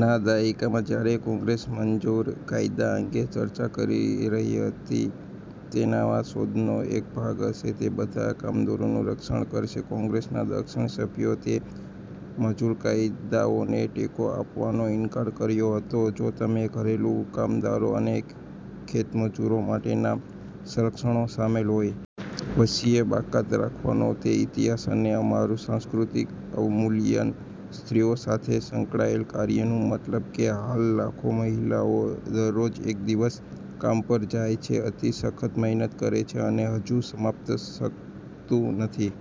ના દાયકામાં, જ્યારે કોંગ્રેસ મજૂર કાયદા અંગે ચર્ચા કરી રહી હતી તે નવા સોદાનો એક ભાગ હશે, તે બધા કામદારોનું રક્ષણ કરશે, કોંગ્રેસના દક્ષિણ સભ્યોએ તે મજૂર કાયદાઓને ટેકો આપવાનો ઇનકાર કર્યો હતો જો તેમાં ઘરેલું કામદારો અને ખેતમજૂરો માટેના સંરક્ષણો શામેલ હોય. વંશીય બાકાત રાખવાનો તે ઇતિહાસ અને અમારું સાંસ્કૃતિક અવમૂલ્યન સ્ત્રીઓ સાથે સંકળાયેલ કાર્યનું મતલબ કે હાલ લાખો મહિલાઓ દરરોજ એક દિવસ કામ પર જાય છે, અતિ સખત મહેનત કરે છે અને હજુ સમાપ્ત શકતું નથી.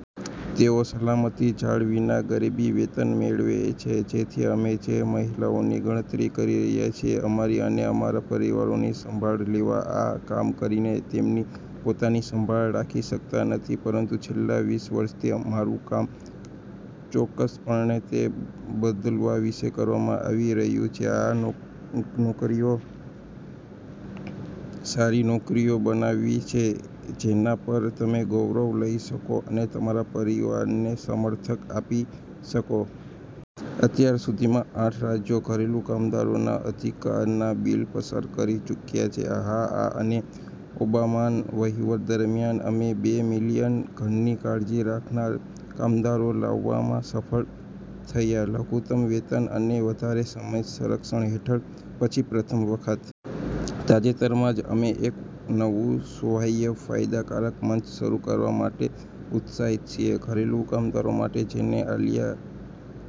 તેઓ સલામતીની જાળ વિના ગરીબી વેતન મેળવે છે, જેથી અમે જે મહિલાઓની ગણતરી કરી રહ્યા છીએ અમારી અને અમારા પરિવારોની સંભાળ લેવા આ કામ કરીને, તેમની પોતાની સંભાળ રાખી શકતા નથી. પરંતુ છેલ્લા વીસ વર્ષથી મારું કામ ચોકકસપણે તે બદલવા વિશે કરવામાં આવી રહ્યું છે આ નોકરીઓને સારી નોકરીઓ બનાવવાની છે જેના પર તમે ગૌરવ લઇ શકો અને તમારા પરિવારને સમર્થન આપી શકો. અત્યાર સુધીમાં, આઠ રાજ્યો ઘરેલુ કામદારોના અધિકારના બીલ પસાર કરી ચૂક્યા છે. હા. અને ઓબામાના વહીવટ દરમિયાન, અમે બે મિલિયન ઘરની કાળજી રાખનારા કામદારો લાવવામાં સફળ થયા લઘુતમ વેતન અને વધારે સમય સંરક્ષણ હેઠળ પછી પ્રથમ વખત. તાજેતરમાં જ, અમે એક નવું સુવાહ્ય ફાયદાકારક મંચ શરૂ કરવા માટે ઉત્સાહિત છીએ ઘરેલું કામદારો માટે, જેને "આલિયા"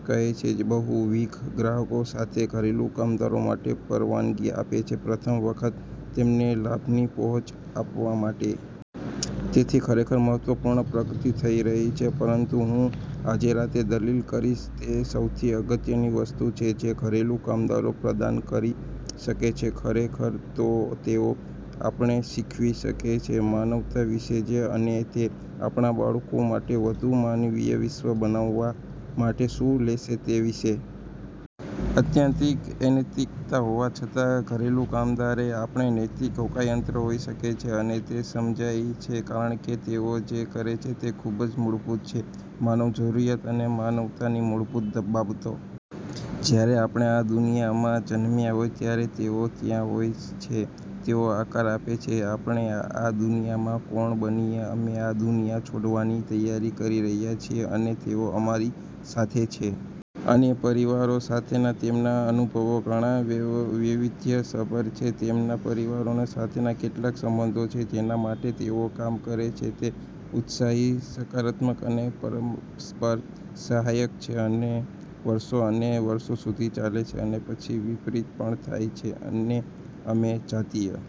કહે છે. જે બહુવિધ ગ્રાહકો સાથે ઘરેલું કામદારો માટે પરવાનગી આપે છે પ્રથમ વખત તેમને લાભની પહોંચ આપવા માટે. તેથી ખરેખર મહત્વપૂર્ણ પ્રગતિ થઈ રહી છે. પરંતુ હું આજે રાતે દલીલ કરીશ તે સૌથી અગત્યની વસ્તુ છે જે ઘરેલું કામદારો પ્રદાન કરી શકે છે ખરેખર તો તેઓ જ આપણને શીખવી શકે છે માનવતા વિશે જ અને તે આપણા બાળકો માટે વધુ માનવીય વિશ્વ બનાવવા માટે શું લેશે તે વિશે. આત્યંતિક અનૈતિકતા હોવા છતાં, ઘરેલું કામદારો એ આપણું નૈતિક હોકાયંત્ર હોઈ શકે છે. અને તે સમજાય છે, કારણ કે તેઓ જે કરે છે તે ખૂબ મૂળભૂત છે માનવ જરૂરિયાત અને માનવતાની મૂળભૂત બાબતો. જ્યારે આપણે આ દુનિયામાં જન્મ્યા હોય ત્યારે તેઓ ત્યાં હોય છે, તેઓ આકાર આપે છે જે આપણે આ દુનિયામાં કોણ બનીએ; અમે આ દુનિયા છોડવાની તૈયારી કરી રહ્યા છીએ અને તેઓ અમારી સાથે છે. અને પરિવારો સાથેના તેમના અનુભવો ઘણા વૈવિધ્યસભર છે. તેમના પરિવારો સાથેના કેટલાક સંબંધો છે જેના માટે તેઓ કામ કરે છે તે ઉત્સાહી સકારાત્મક અને પરસ્પર સહાયક છે અને વર્ષો અને વર્ષો સુધી ચાલે છે. અને પછી વિપરીત પણ થાય છે. અને અમે જાતીય